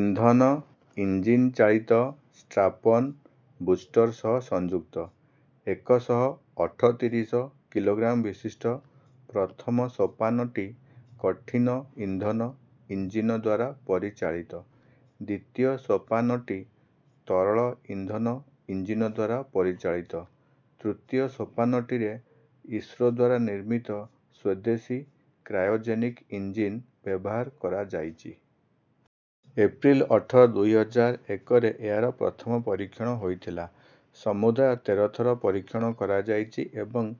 ଇନ୍ଧନ ଇଞ୍ଜିନ୍ ଚାଳିତ strap on booster ସହ ସଂଯୁକ୍ତ। ଏକ ଶହ ଅଠତିରିଶ କିଲୋଗ୍ରାମ୍ ବିଶିଷ୍ଟ ପ୍ରଥମ ସୋପାନଟି କଠିନ ଇନ୍ଧନ ଇଞ୍ଜିନଦ୍ୱାରା ପରିଚାଳିତ। ଦ୍ଵିତୀୟ ସୋପାନଟି ତରଳ ଇନ୍ଧନ ଇଞ୍ଜିନଦ୍ୱାରା ପରିଚାଳିତ। ତୃତୀୟ ସୋପାନଟିରେ ଇସ୍ରୋ ଦ୍ୱାରା ନିର୍ମିତ ସ୍ୱଦେଶୀ କ୍ରାୟୋଜେନିକ ଇଞ୍ଜିନ୍ ବ୍ୟବହାର କରଯାଇଛି। ଏପ୍ରିଲ୍ ଅଠର ଦୁଇ ହଜାର ଏକରେ ଏହାର ପ୍ରଥମ ପରୀକ୍ଷଣ ହୋଇଥିଲା। ସମୁଦାୟ ତେର ଥର ପରୀକ୍ଷଣ କରାଯାଇଛି ଏବଂ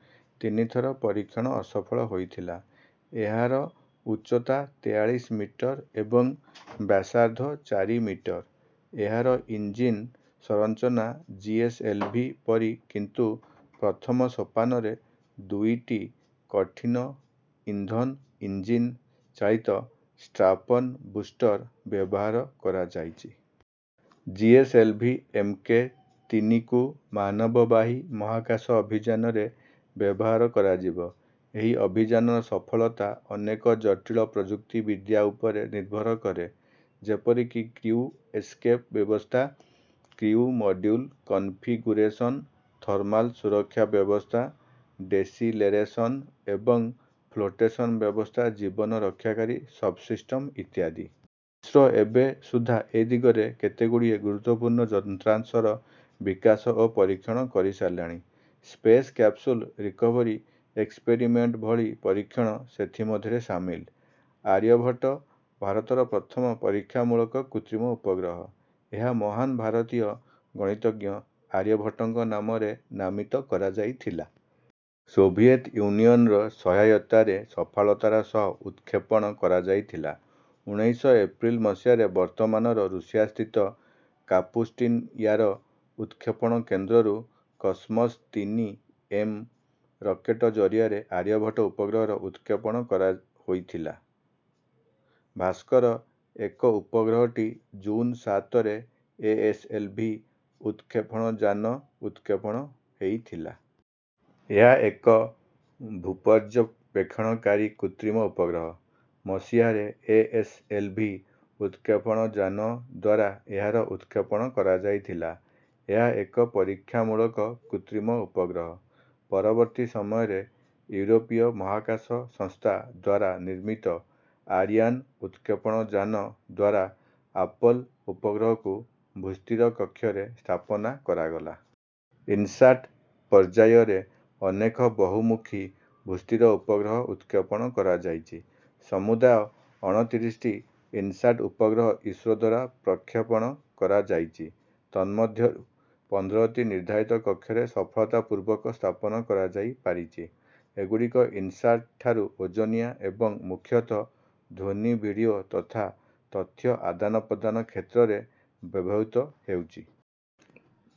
ତିନି ଥର ପରିକ୍ଷଣ ଅସଫଳ ହୋଇଥିଲା। ଏହାର ଉଚ୍ଚତା ତେୟାଳିଶ ମିଟର ଏବଂ ବ୍ୟାସର୍ଦ୍ଧ ଚାରି ମିଟର। ଏହାର ଇଞ୍ଜିନ୍ ସଂରଚନା ଜିଏସଏଲଭି ପରି କିନ୍ତୁ ପ୍ରଥମ ସୋପନରେ ଦୁଇଟି କଠିନ ଇନ୍ଧନ ଇଞ୍ଜିନ୍ ଚାଳିତ ଷ୍ଟ୍ରାପ୍ଅନ ବୁଷ୍ଟର୍ ବ୍ୟବହାର କରାଯାଇଛି। ଜିଏସଏଲଭି ଏମକେ ତିନି କୁ ମାନବବାହୀ ମହାକାଶ ଅଭିଯାନରେ ବ୍ୟବହାର କରଯିବ। ଏହି ଅଭିଯାନର ସଫଳତା ଅନେକ ଜଟିଳ ପ୍ରଯୁକ୍ତିବିଦ୍ୟା ଉପରେ ନିର୍ଭର କରେ। ଯେପରିକି କ୍ରିଉ ଏସକେପ୍ ବ୍ୟବସ୍ଥା, କ୍ରିଉ ମଡ୍ୟୁଲ କନଫିଗୁରେସନ୍, ଥର୍ମାଲ ସୁରକ୍ଷା ବ୍ୟବସ୍ଥା, ଡ଼େସିଲେରେସନ୍ ଏବଂ ଫ୍ଲୋଟେସନ୍ ବ୍ୟବସ୍ଥା ଜୀବନ ରକ୍ଷାକାରୀ ସବ୍‌ସିଷ୍ଟମ୍ ଇତ୍ୟାଦି। ଇସ୍ରୋ ଏବେ ସୁଦ୍ଧା ଏ ଦିଗରେ କେତେଗୁଡ଼ିଏ ଗୁରୁତ୍ୱପୂର୍ଣ୍ଣ ଯନ୍ତ୍ରାଂଶର ବିକାଶ ଓ ପରୀକ୍ଷଣ କରିସାରିଲଣି। ସ୍ପେସ୍ କ୍ୟାପସୁଲ୍ ରିକଭରୀ ଏକ୍ସପେରିମେଣ୍ଟ ଭଳି ପରୀକ୍ଷଣ ସେଥି ମଧ୍ୟରେ ସାମିଲ। ଆର୍ଯ୍ୟଭଟ୍ଟ ଭାରତର ପ୍ରଥମ ପରୀକ୍ଷାମୂଳକ କୃତ୍ରିମ ଉପଗ୍ରହ। ଏହା ମହାନ ଭାରତୀୟ ଗଣିତଜ୍ଞ ଆର୍ଯ୍ୟଭଟ୍ଟଙ୍କ ନାମରେ ନାମିତ କରାଯାଇଥିଲା। ସୋଭିଏତ ଯୁନିୟନର ସହାୟତାରେ ସଫଳତାର ସହ ଉତକ୍ଷେପଣ କରାଯାଇଥିଲା। ଉଣେଇଶ ଅପ୍ରେଲ ମସିହାରେ ବର୍ତ୍ତମାନର ରୁଷିଆସ୍ଥିତ କାପୁଷ୍ଟିନ୍ ୟାର ଉତକ୍ଷେପଣ କେନ୍ଦ୍ରରୁ କସ୍‌ମସ୍ ତିନି ଏମ ରକେଟ ଜରିଆରେ ଆର୍ଯ୍ୟଭଟ୍ଟ ଉପଗ୍ରହର ଉତକ୍ଷେପଣ ହେଇଥିଲା। ଭାସ୍କର ଏକ ଉପଗ୍ରହଟି ଜୁନ ସାତରେ ଏଏସଏଲଭି ଉତକ୍ଷେପଣଯାନ ଉତକ୍ଷେପଣ ହେଇଥିଲା। ଏହା ଏକ୍ ଭୂପର୍ଯ୍ୟବେକ୍ଷଣକାରୀ କୃତ୍ରିମ ଉପଗ୍ରହ। ମସିହାରେ ଏଏସଏଲଭି ଉତକ୍ଷେପଣଯାନ ଦ୍ୱାରା ଏହାର ଉତକ୍ଷେପଣ କରାଯାଇଥିଲା। ଏହା ଏକ ପରୀକ୍ଷାମୂଳକ କୃତ୍ରିମ ଉପଗ୍ରହ। ପରବର୍ତ୍ତୀ ସମୟରେ ୟୁରୋପୀୟ ମହାକାଶ ସଂସ୍ଥା ଦ୍ୱାରା ନିର୍ମିତ ଆରିଅନ୍ ଉତକ୍ଷେପଣ ଯାନ ଦ୍ୱାରା ଆପଲ୍ ଉପଗ୍ରହକୁ ଭୂସ୍ଥିର କକ୍ଷରେ ସ୍ଥାପନା କରଗଲା। ଇନସାଟ୍ ପର୍ଯ୍ୟାୟରେ ଅନେକ ବହୁମୂଖୀ ଭୂସ୍ଥିର ଉପଗ୍ରହ ଉତକ୍ଷେପଣ କରାଯାଇଛି। ସମୂଦାୟ ଅଣତିରିଶଟି ଇନସାଟ୍ ଉପଗ୍ରହ ଇସ୍ରୋ ଦ୍ୱାରା ପ୍ରକ୍ଷେପଣ କରାଯାଇଛି ତନ୍ମଧ୍ୟରୁ ପନ୍ଦରଟି ନିର୍ଦ୍ଧାରିତ କକ୍ଷରେ ସଫଳତା ପୂର୍ବକ ସ୍ଥାପନ କରାଯାଇପାରିଛି। ଏଗୁଡିକ ଇନସାଟ୍ ଠାରୁ ଓଜନିଆ ଏବଂ ମୂଖ୍ୟତଃ ଧ୍ୱନି ଭିଡିଓ ତଥା ତଥ୍ୟ ଆଦାନପ୍ରଦାନ କ୍ଷେତ୍ରରେ ବ୍ୟବହୃତ ହେଉଛି।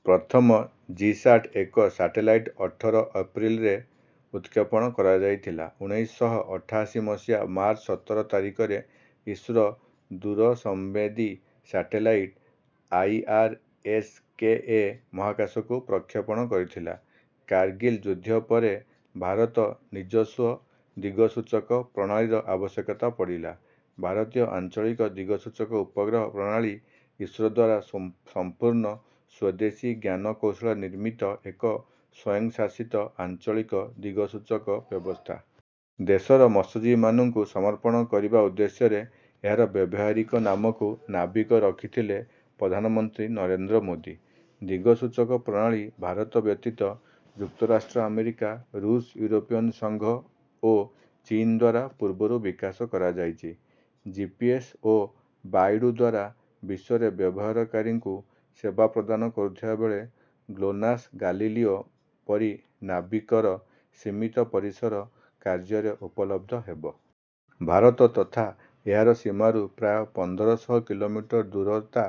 ପ୍ରଥମ ଜିସାଟ୍ଏକ ସାଟେଲାଇଟ୍ ଅଠର ଅପ୍ରେଲ୍ ରେ ଉତକ୍ଷେପଣ କରାଯାଇଥିଲା। ଉଣେଇଶ ଶହ ଅଠାଅଶୀ ମସିହା ମାର୍ଚ୍ଚ ସତର ତାରିଖରେ ଇସ୍ରୋ ଦୂରସଂବେଦୀ ସାଟେଲାଇଟ୍ ଆଇଆରଏସ୍ଏକଏ ମହାକାଶକୁ ପ୍ରକ୍ଷେପଣ କରିଥିଲା। କାର୍ଗିଲ ଯୁଦ୍ଧ ପରେ ଭାରତ ନିଜସ୍ୱ ଦିଗସୂଚକ ପ୍ରଣାଳୀର ଆବଶ୍ୟକତା ପଡିଲା। ଭାରତୀୟ ଆଞ୍ଚଳିକ ଦିଗସୂଚକ ଉପଗ୍ରହ ପ୍ରଣାଳୀ ଇସ୍ରୋ ଦ୍ୱାରା ସମ୍ପୂର୍ଣ୍ଣ ସ୍ୱଦେଶୀ ଜ୍ଞାନ କୌଶଳରେ ନିର୍ମିତ ଏକ ସ୍ୱୟଂଶାସିତ ଆଞ୍ଚଳିକ ଦିଗସୂଚକ ବ୍ୟବସ୍ଥା। ଦେଶର ମତ୍ସ୍ୟଜୀବିମାନଙ୍କୁ ସମର୍ପଣ କରିବା ଉଦ୍ଦେଶ୍ୟରେ ଏହାର ବ୍ୟବହାରିକ ନାମକୁ ନାବିକ ରଖିଥିଲେ ପ୍ରଧାନମନ୍ତ୍ରୀ ନରେନ୍ଦ୍ର ମୋଦୀ। ଦିଗସୂଚକ ପ୍ରଣାଳୀ ଭାରତ ବ୍ୟତୀତ ଯୁକ୍ତରାଷ୍ଟ୍ର ଆମେରିକା ଋଷ୍ ଇଉରୋପୀୟ ସଂଘ ଓ ଚୀନ୍ ଦ୍ୱାରା ପୁର୍ବରୁ ବିକାଶ କରାଯାଇଛି। ଜିପିଏସ୍ ଓ ବାଇଡୁ ସାରା ବିଶ୍ୱରେ ବ୍ୟବହାରକାରୀଙ୍କୁ ସେବା ପ୍ରଦାନ କରୁଥିବାବେଳେ ଗ୍ଲୋନାସ୍ ଗାଲିଲିଓ ପରି ନାବିକ ର ସୀମିତ ପରିସର କାର୍ଯ୍ୟ ରେ ଉପଲବ୍ଧ ହେବ। ଭାରତ ତଥା ଏହାର ସୀମାରୁ ପ୍ରାୟ ପନ୍ଦର ଶହ କିଲୋମିଟର ଦୂରତା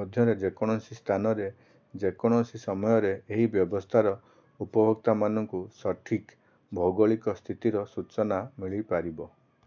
ମଧ୍ୟରେ ଯେକୌଣସି ସ୍ଥାନରେ, ଯେକୌଣସି ସମୟରେ ଏହି ବ୍ୟବସ୍ଥାର ଉପଭୋକ୍ତାମାନଙ୍କୁ ସଠିକ୍ ଭୌଗୋଳିକ ସ୍ଥିତିର ସୂଚନା ମିଳିପାରିବ।